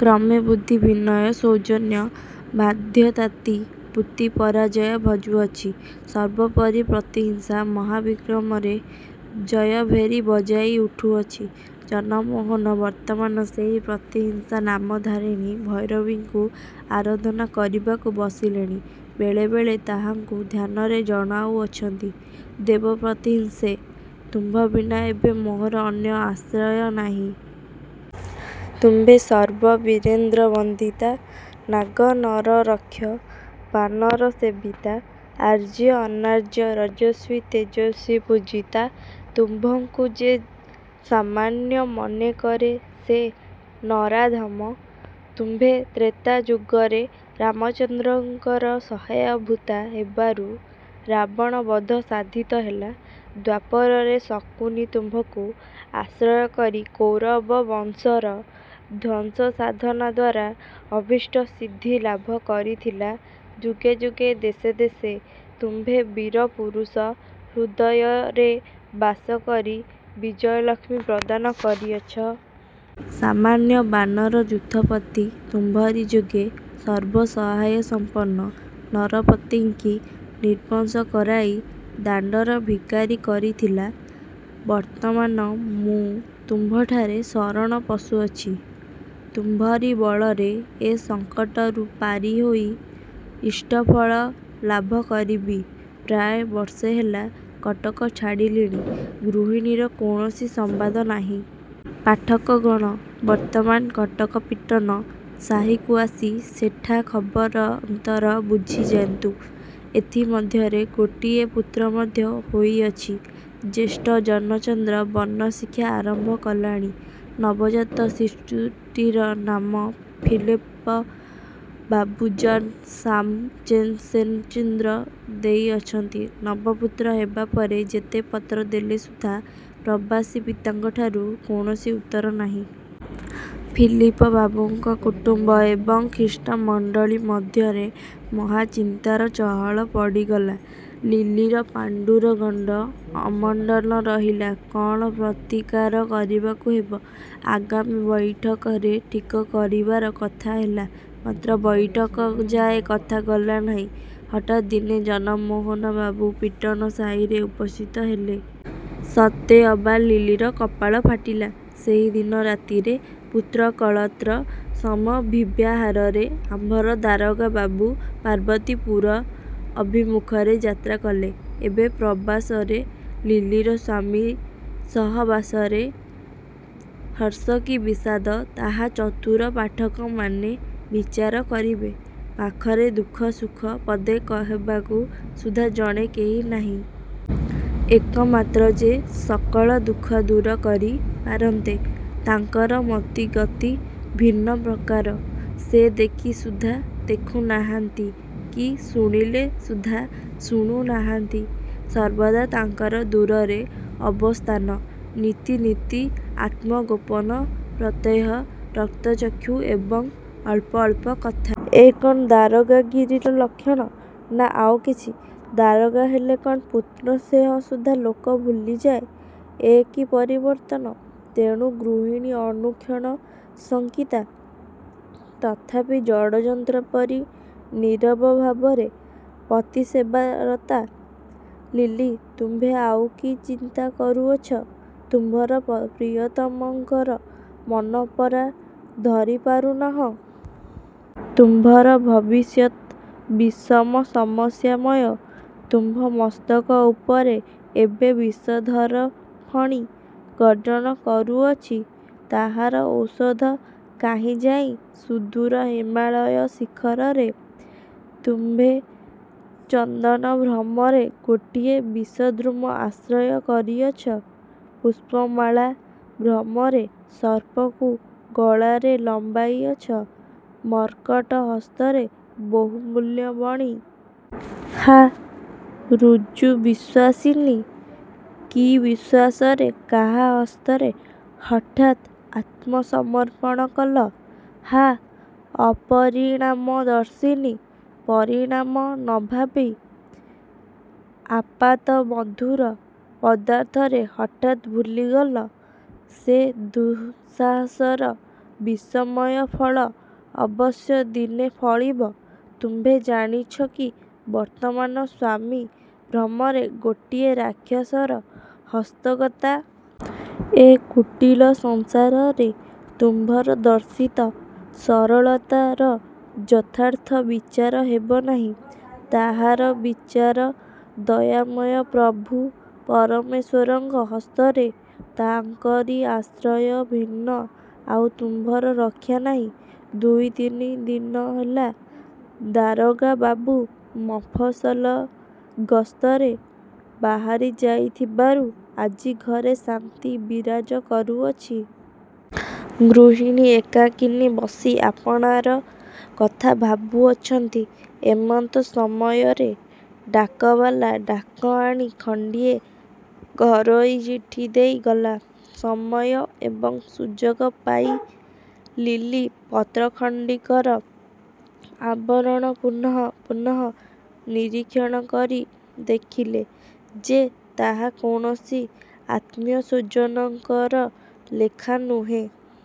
କ୍ରମେ ବୁଦ୍ଧି ବିନୟ ସୌଜନ୍ୟ ବାଧ୍ୟତାଦି ବୃତ୍ତି ପରାଜୟ ଭଜୁଅଛି। ସର୍ବୋପରି ପ୍ରତିହିଂସା ମହାବିକ୍ରମରେ ଜୟଭେରୀ ବଜାଇ ଉଠୁଅଛି। ଜନମୋହନ ବର୍ତ୍ତମାନ ସେହି ପ୍ରତିହିଂସାନାମଧାରିଣୀ ଭୈରବୀଙ୍କୁ ଆରାଧନା କରିବାକୁ ବସିଲେଣି। ବେଳେ ବେଳେ ତାହାଙ୍କୁ ଧ୍ୟାନରେ ଜଣାଉଅଛନ୍ତି। 'ଦେବ ପ୍ରତିହିଂସେ! ତୁମ୍ଭ ବିନା ଏବେ ମୋହର ଅନ୍ୟ ଆଶ୍ରୟ ନାହିଁ। ତୁମ୍ଭେ ସର୍ବବୀରେନ୍ଦ୍ରବନ୍ଦିତା, ନାଗ-ନର-ରକ୍ଷ-ବାନରସେବିତା, ଆର୍ଯ୍ୟ-ଅନାର୍ଯ୍ୟ-ରଜସ୍ୱି-ତେଜସ୍ୱି-ପୂଜିତା। ତୁମ୍ଭଙ୍କୁ ଯେ ସାମାନ୍ୟ ମନେ କରେ, ସେ ନରାଧମ। ତୁମ୍ଭେ ତ୍ରେତାଯୁଗରେ ରାମଚନ୍ଦ୍ରଙ୍କର ସହାୟଭୂତା ହେବାରୁ ରାବଣବଧ ସାଧିତ ହେଲା। ଦ୍ୱାପରରେ ଶକୁନି ତୁମ୍ଭଙ୍କୁ ଆଶ୍ରୟ କରି କୌରବବଂଶର ଧ୍ୱଂସସାଧନଦ୍ୱାରା ଅଭୀଷ୍ଟ ସିଦ୍ଧି ଲାଭ କରିଥିଲା ଯୁଗେ ଯୁଗେ ଦେଶେ ଦେଶେ ତୁମ୍ଭେ ବୀରପୁରୁଷ ହୃଦୟରେ ବାସ କରି ବିଜୟଲକ୍ଷ୍ମୀ ପ୍ରଦାନ କରିଅଛ। ସାମାନ୍ୟ ବାନରଯୂଥପତି ତୁମ୍ଭରି ଯୋଗେ ସର୍ବସହାୟସମ୍ପନ୍ନ ନରପତିଙ୍କି ନିର୍ବଂଶ କରାଇ ଦାଣ୍ତର ଭିଖାରୀ କରିଥିଲା। ବର୍ତ୍ତମାନ ମୁଁ ତୁମ୍ଭଠାରେ ଶରଣ ପଶୁଅଛି। ତୁମ୍ଭରି ବଳରେ ଏ ସଙ୍କଟରୁ ପାରି ହୋଇ ଇଷ୍ଟଫଳ ଲାଭ କରିବି। ପ୍ରାୟ ବର୍ଷ ହେଲା କଟକ ଛାଡ଼ିଲିଣି। ଗୃହିଣୀର କୌଣସି ସମ୍ୱାଦ ନାହିଁ। ପାଠକଗଣ! ବର୍ତ୍ତମାନ କଟକ ପିଟନ ସାହିକୁ ଆସି ସେଠା ଖବର ଅନ୍ତର ବୁଝିଯାନ୍ତୁ। ଏଥି ମଧ୍ୟରେ ଗୋଟିଏ ପୁତ୍ର ମଧ୍ୟ ହୋଇଅଛି। ଜ୍ୟେଷ୍ଠ ଜନଚନ୍ଦ୍ର ବର୍ଣ୍ଣ ଶିକ୍ଷା ଆରମ୍ଭ କଲାଣି। ନବଜାତ ଶିଶୁଟିର ନାମ ଫିଲିପ ବାବୁ ଜନ୍ ସାମସେନଚନ୍ଦ୍ର ଦେଇଅଛନ୍ତି। ନବ ପୁତ୍ର ହେବା ପରେ ଯେତେ ପତ୍ରଦେଲେ ସୁଦ୍ଧା ପ୍ରବାସୀ ପିତାଙ୍କଠାରୁ କୌଣସି ଉତ୍ତର ନାହିଁ। ଫିଲିପ ବାବୁଙ୍କ କୁଟୁମ୍ୱ ଏବଂ ଖ୍ରୀଷ୍ଟମଣ୍ତଳୀ ମଧ୍ୟରେ ମହାଚିନ୍ତାର ଚହଳ ପଡ଼ିଗଲା। ଲିଲିର ପାଣ୍ତୁର ଗଣ୍ତ ଅମଣ୍ତନ ରହିଲା। କଣ ପ୍ରତୀକାର କରିବାକୁ ହେବ, ଆଗାମୀ ବୈଠକରେ ଠିକ କରିବାର କଥା ହେଲା; ମାତ୍ର ବୈଠକଯାଏ କଥା ଗଲା ନାହିଁ। ହଠାତ୍ ଦିନେ ଜନମୋହନ ବାବୁ ପିଟନସାହିରେ ଉପସ୍ଥିତ ହେଲେ। ସତେ ଅବା ଲିଲିର କପାଳ ଫିଟିଲା। ସେହି ଦିନ ରାତିରେ ପୁତ୍ରକଳତ୍ର ସମଭିବ୍ୟାହାରରେ ଆମ୍ଭର ଦାରୋଗା ବାବୁ ପାର୍ବତୀପୁର ଅଭିମୁଖରେ ଯାତ୍ରା କଲେ। ଏବେ ପ୍ରବାସରେ ଲିଲିର ସ୍ୱାମିସହବାସରେ ହର୍ଷ କି ବିଷାଦ, ତାହା ଚତୁର ପାଠକମାନେ ବିଚାର କରିବେ-। ପାଖରେ ଦୁଃଖ ସୁଖ ପଦେ ହେବାକୁ ସୁଦ୍ଧା ଜଣେ କେହି ନାହିଁ। ଏକମାତ୍ର ଯେ ସକଳ ଦୁଃଖ ଦୂର କରି ପାରନ୍ତେ, ତାଙ୍କର ମତି ଗତି ଭିନ୍ନପ୍ରକାର। ସେ ଦେଖି ସୁଦ୍ଧା ଦେଖୁ ନାହାନ୍ତି କି ଶୁଣିଲେ ସୁଦ୍ଧା ଶୁଣୁ ନାହାଁନ୍ତି। ସର୍ବଦା ତାଙ୍କର ଦୂରରେ ଅବସ୍ଥାନ ନିତି ନିତି ଆତ୍ମଗୋପନ ପ୍ରତ୍ୟହ ରକ୍ତଚକ୍ଷୁ ଏବଂ ଅଳ୍ପ ଅଳ୍ପ କଥା! ଏ କଣ ଦାରୋଗାଗିରିର ଲକ୍ଷଣ, ନା ଆଉ କିଛି? ଦାରୋଗା ହେଲେ କଣ ପୁତ୍ରସ୍ନେହ ସୁଦ୍ଧା ଲୋକ ଭୁଲିଯାଏ। ଏ କି ପରିବର୍ତ୍ତନ! ତେଣୁ ଗୃହିଣୀ ଅନୁକ୍ଷଣ ଶଙ୍କିତା। ତଥାପି ଜଡ଼-ଯନ୍ତ୍ର ପରି ନୀରବଭାବରେ ପତିସେବାରତା। ଲିଲି! ତୁମ୍ଭେ ଆଉ କି ଚିନ୍ତା କରୁଅଛ? ତୁମ୍ଭର ପ୍ରିୟତମଙ୍କର ମନ ପରା ଧରି ପାରୁନାହଁ-? ତୁମ୍ଭର ଭବିଷ୍ୟତ୍ ବିଷମ ସମସ୍ୟାମୟ। ତୁମ୍ଭ ମସ୍ତକ ଉପରେ ଏବେ ବିଷଧର ଫଣୀ ଗର୍ଜନ କରୁଅଛି। ତାହାର ଔଷଧ କାହିଁ ଯାଇଁ ସୁଦୂର ହିମାଳୟଶିଖରରେ। ତୁମ୍ଭେ ଚନ୍ଦନଭ୍ରମରେ ଗୋଟିଏ ବିଷଦ୍ରୁମ ଆଶ୍ରୟ କରିଅଛ! ପୁଷ୍ପମାଳା ଭ୍ରମରେ ସର୍ପକୁ ଗଳାରେ ଲମ୍ବାଇ ଅଛ। ମର୍କଟ ହସ୍ତରେ ବହୁମୂଲ୍ୟ ମଣି। ହା ଋଜୁବିଶ୍ୱାସିନି! କି ବିଶ୍ୱାସରେ କାହା ହସ୍ତରେ ହଠାତ୍ ଆତ୍ମସମର୍ପଣ କଲ? ହା ଅପରିଣାମଦର୍ଶିନି! ପରିଣାମ ନ ଭାବି ଆପାତମଧୁର ପଦାର୍ଥରେ ହଠାତ୍ ଭୁଲିଗଲ! ସେ ଦୁଃସାହସର ବିଷମୟ ଫଳ ଅବଶ୍ୟ ଦିନେ ଫଳିବ! ତୁମ୍ଭେ ଜାଣିଛ କି ବର୍ତ୍ତମାନ ସ୍ୱାମୀ ଭ୍ରମରେ ଗୋଟିଏ ରାକ୍ଷସର ହସ୍ତଗତା? ଏ କୁଟିଳ ସଂସାରରେ ତୁମ୍ଭର ଦର୍ଶିତ ସରଳତାର ଯଥାର୍ଥ ବିଚାର ହେବ ନାହିଁ। ତାହାର ବିଚାର ଦୟାମୟ ପ୍ରଭୁ ପରମେଶ୍ୱରଙ୍କ ହସ୍ତରେ ତାଙ୍କରି ଆଶ୍ରୟ ଭିନ୍ନ ଆଉ ତୁମ୍ଭର ରକ୍ଷା ନାହିଁ। ଦୁଇ ତିନି ଦିନ ହେଲା ଦାରୋଗା ବାବୁ ମଫସଲ ଗସ୍ତରେ ବାହାରି ଯାଇଥିବାରୁ ଆଜି ଘରେ ଶାନ୍ତି ବିରାଜ କରୁଅଛି। ଗୃହିଣୀ ଏକାକିନୀ ବସି ଆପଣାର କଥା ଭାବୁଅଛନ୍ତି- ଏମନ୍ତ ସମୟରେ ଡାକବାଲା ଡାକ ଆଣି ଖଣ୍ଡିଏ ଘରୋଇ ଚିଠି ଦେଇ ଗଲା। ସମୟ ଏବଂ ସୁଯୋଗ ପାଇ ଲିଲି ପତ୍ରଖଣ୍ଡିକର ଆବରଣ ପୁନଃ ପୁନଃ ନିରୀକ୍ଷଣ କରି ଦେଖିଲେ ଯେ, ତାହା କୌଣସି ଆତ୍ମୀୟ ସ୍ୱଜନଙ୍କର ଲେଖା ନୁହେଁ।